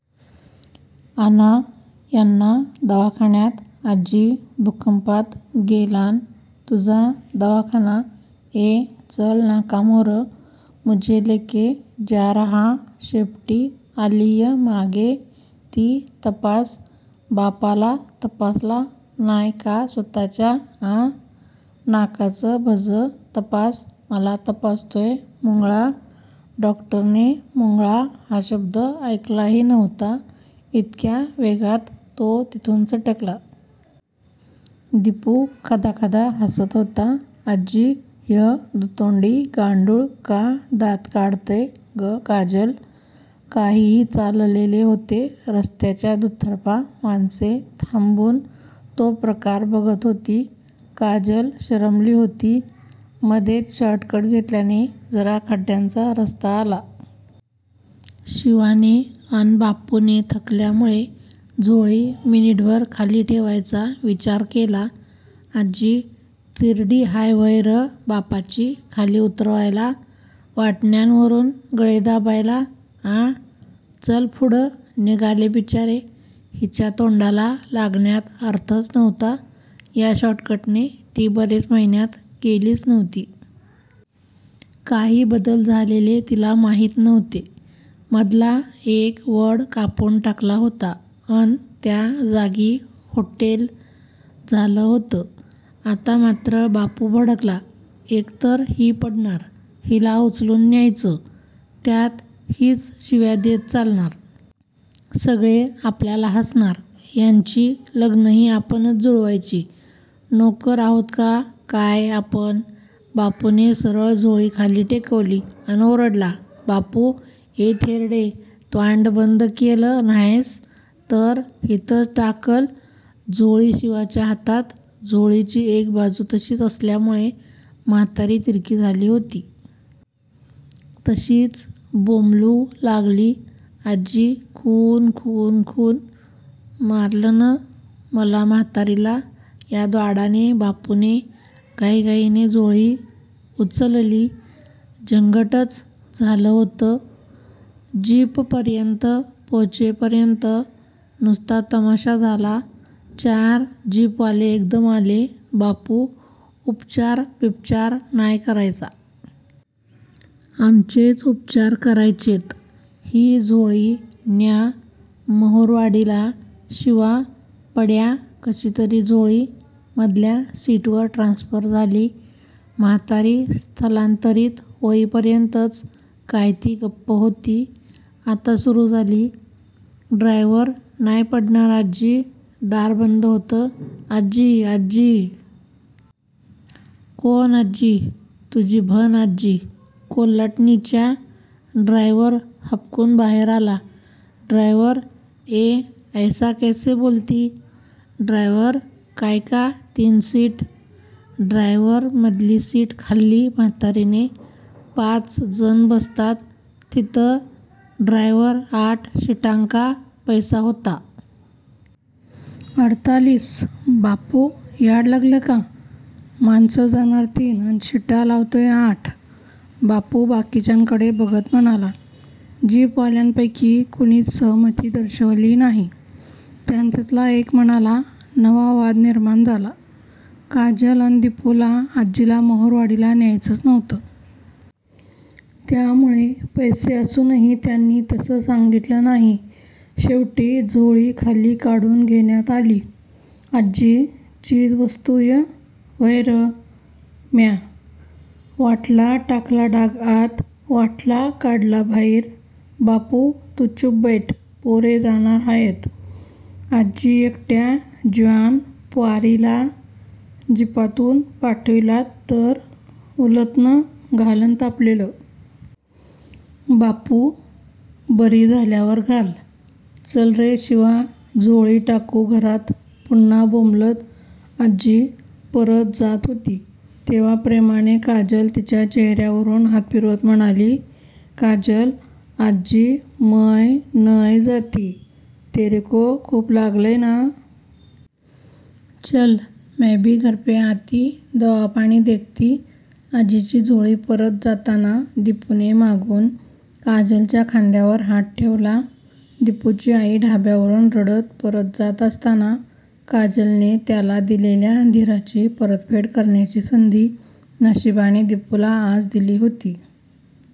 आणा यांना दवाखान्यात आजी भुकंपात ग्येलान तुझा दवाखाना ए चल नाकाम्होरं मुझे लेके जारहा शेपटी आलीय मागे ती तपास बापाला तपासला नाय का स्वतःच्या आ? नाकाचं भजं तपास मला तपासतोय मुंगळा डॉक्टरने मुंगळा हा शब्द ऐकलाही नव्हता इतक्या वेगात तो तिथून सटकला. दिपू खदाखदा हसत होता. आजी ह्यं दुतोंडी गांडुळ का दात काढतंय ग काजल? काहीही चाललेले होते. रस्त्याच्या दुतर्फा माणसे थांबून तो प्रकार बघत होती. काजल शरमली होती. मधेच शॉर्टकट घेतल्याने जरा खड्ड्यांचा रस्ता आला. शिवाने अन बापूने थकल्यामुळे झोळी मिनिटभर खाली ठेवायचा विचार केला. आजी तिरडी हाय व्हंय रं बापाची खाली उतरवायला? वाटण्यांवरून गळे दाबायला? आ? चल फुडं निघाले बिचारे. हिच्या तोंडाला लागण्यात अर्थच नव्हता. या शॉर्टकटने ती बरेच महिन्यात गेलीच नव्हती. काही बदल झालेले तिला माहीत नव्हते. मधला एक वड कापुन टाकला होता अन त्या जागी होटेल झालं होतं! आता मात्र बापू भडकला. एकतर ही पडणार, हिला उचलून न्यायचं! त्यात हीच शिव्या देत चालणार. सगळे आपल्याला हसणार! यांची लग्नंही आपणच जुळवायची. नोकर आहोत का काय आपण? बापूने सरळ झोळी खाली टेकवली अन ओरडला. बापू ये थेरडे त्वांड बंद क्येलं न्हायस तर हितंच टाकंल झोळी शिवाच्या हातात झोळीची एक बाजू तशीच असल्यामुळे म्हातारी तिरकी झाली होती. तशीच बोंबलू लागली. आजी खून खून खून.. मारलन मला म्हातारीला या द्वाडाने बापूने घाईघाईने झोळी उचलली. झंगटच झालं होतं! जीपपर्यंत पोचेपर्यंत नुसता तमाशा झाला. चार जीपवाले एकदम आले. बापू उपचार बिपचार नाय करायचा. आमचेच उपचार करायचेत. ही झोळी न्या महुरवाडीला शिवा पड्या कशीतरी झोळी मधल्या सीटवर ट्रान्स्फर झाली. म्हातारी स्थलांतरीत होईपर्यंतच काय ती गप्प होती. आता सुरू झाली. ड्रायव्हर नाय पडणार आजी दार बंद होतं. आजी आजी? कोन आजी? तुझी भन आजी! कोल्हाटणीच्या ड्रायव्हर हबकून बाहेर आला. ड्रायव्हर ये ऐसा कैसे बोलती? ड्रायव्हर कायका तीन सीट? ड्रायव्हर मधली सिट खाल्ली म्हातारीने पाच जण बसतात थितं ड्रायव्हर आठ शिटांका पैसा होता. अडतालीस. बापू याड लागलं का? माणसं जाणार तीन अन शिटा लावतोय आठ बापू बाकीच्यांकडे बघत म्हणाला. जीपवाल्यांपैकी कुणीच सहमती दर्शवली नाही. त्यांच्यातला एक म्हणाला: नवा वाद निर्माण झाला. काजल अन दिपूला आजीला महुरवाडीला न्यायचच नव्हतं! त्यामुळे पैसे असूनही त्यांनी तसं सांगीतलं नाही. शेवटी झोळी खाली काढुन घेण्यात आली. आजी चीजवस्तूय व्हय रं म्या? वाटला टाकला डाग आत वाटला काढला भाईर बापू तू चूप बैठ पोरे जाणार हायत आजी यकट्या ज्वान प्वारीला जीपातून पाठविलात तर उलथ्न घालंन तापलेलं. बापू बरी झाल्यावर घाल. चल रे शिवा झोळी टाकू घरात पुन्हा बोंबलत आजी परत जात होती तेव्हा प्रेमाने काजल तिच्या चेहर्यावरून हात फिरवत म्हणाली: काजल आजी मय नय जाती. तेरेको खूप लागलंय ना? चल मय बी घरपे आती. दवापानी देखती आजीची झोळी परत जाताना दिपूने मागून काजलच्या खांद्यावर हात ठेवला. दिपूची आई ढाब्यावरुन रडत परत जात असताना काजलने त्याला दिलेल्या धीराची परतफेड करण्याची संधी नशीबाने दिपूला आज दिली होती.